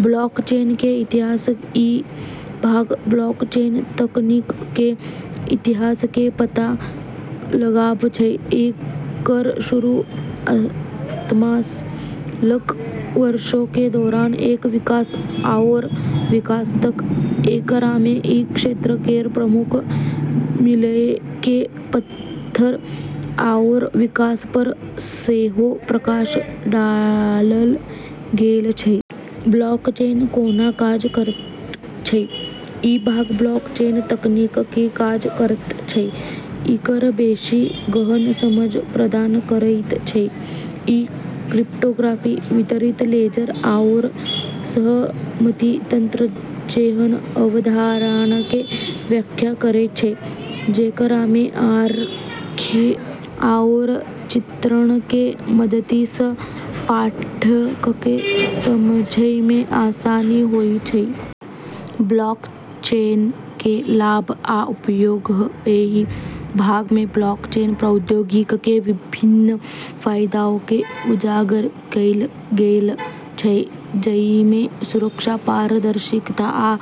ब्लॉकचेनके इतिहास: ई भाग ब्लॉकचेन तकनीकके इतिहास के पता लगाबै छै, एकर शुरूआतसँ ल' क' वर्षोके दौरान एकर विकास आओर विकास तक। एकरामे ई क्षेत्र केर प्रमुख मीलके पत्थर आओर विकास पर सेहो प्रकाश डालल गेल छै। ब्लॉकचेन कोना काज करैत छै: ई भाग ब्लॉकचेन तकनीक की काज करैत छै, एकर बेशी गहन समझ प्रदान करैत छै । ई क्रिप्टोग्राफी, वितरित लेजर, आओर सहमति तंत्र जेहन अवधारणाके व्याख्या करै छै, जेकरामे आरेख आओर चित्रणके मदति सँ पाठकके समझैमे आसानी होइ छै। ब्लॉकचेनके लाभ आ उपयोग: एहि भागमे ब्लॉकचेन प्रौद्योगिकीके विभिन्न फाइदाके उजागर कैल गेल छै, जइमे सुरक्षा, पारदर्शिता, आ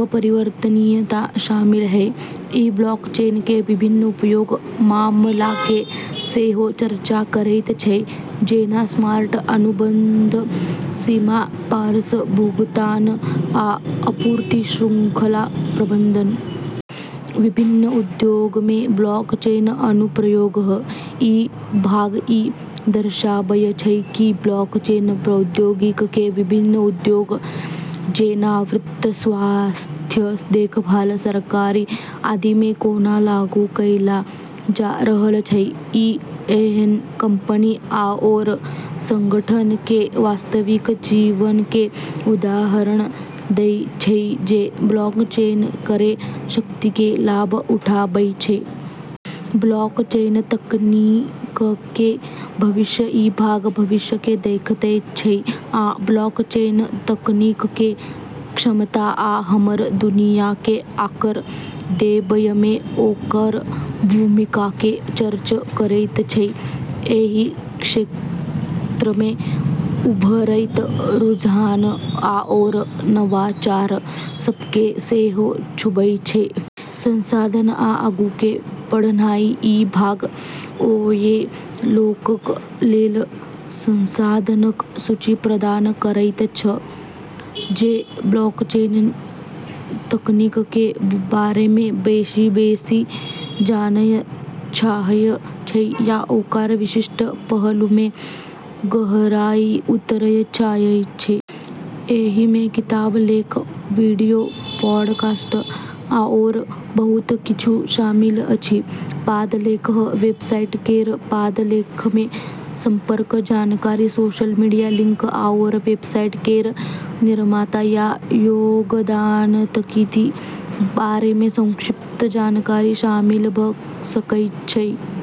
अपरिवर्तनीयता शामिल छै । ई ब्लॉकचेनके विभिन्न उपयोग मामलाके सेहो चर्चा करैत छै, जेना स्मार्ट अनुबंध, सीमा पारसँ भुगतान, आ आपूर्ति श्रृंखला प्रबंधन । विभिन्न उद्योगमे ब्लॉकचेन अनुप्रयोग: ई भाग ई दर्शाबय छै कि ब्लॉकचेन प्रौद्योगिकीके विभिन्न उद्योग जेना वित्त, स्वास्थ्य देखभाल, सरकारी, आदिमे कोना लागू कैल जा रहल छै । ई एहन कंपनी आओर संगठनके वास्तविक जीवनके उदाहरण दै छै जे ब्लॉकचेन केर शक्तिके लाभ उठाबै छै। ब्लॉकचेन तकनीकके भविष्य: ई भाग भविष्यके देखैत छै आ ब्लॉकचेन तकनीकके क्षमता आ हमर दुनियाके आकार देबयमे ओकर भूमिकाके चर्चा करैत छै । एहि क्षेत्रमे उभरैत रुझान आओर नवाचार सबके सेहो छूबै छै। संसाधन आ आगूके पढ़नाइ: ई भाग ओए लोकक लेल संसाधनक सूची प्रदान करैत छै जे ब्लॉकचेन तकनीकके बारेमे बेशी बेसि जानय चाहय छै या ओकर विशिष्ट पहलुमे गहराइसँ उतरय चाहय छै । एहिमे किताब, लेख, वीडियो, पॉडकास्ट, आओर बहुत किछु शामिल अछि । पाद लेख: वेबसाइट केर पाद लेखमे संपर्क जानकारी, सोशल मीडिया लिंक, आओर वेबसाइट केर निर्माता या योगदानकर्ताके बारेमे संक्षिप्त जानकारी शामिल भ' सकै छै।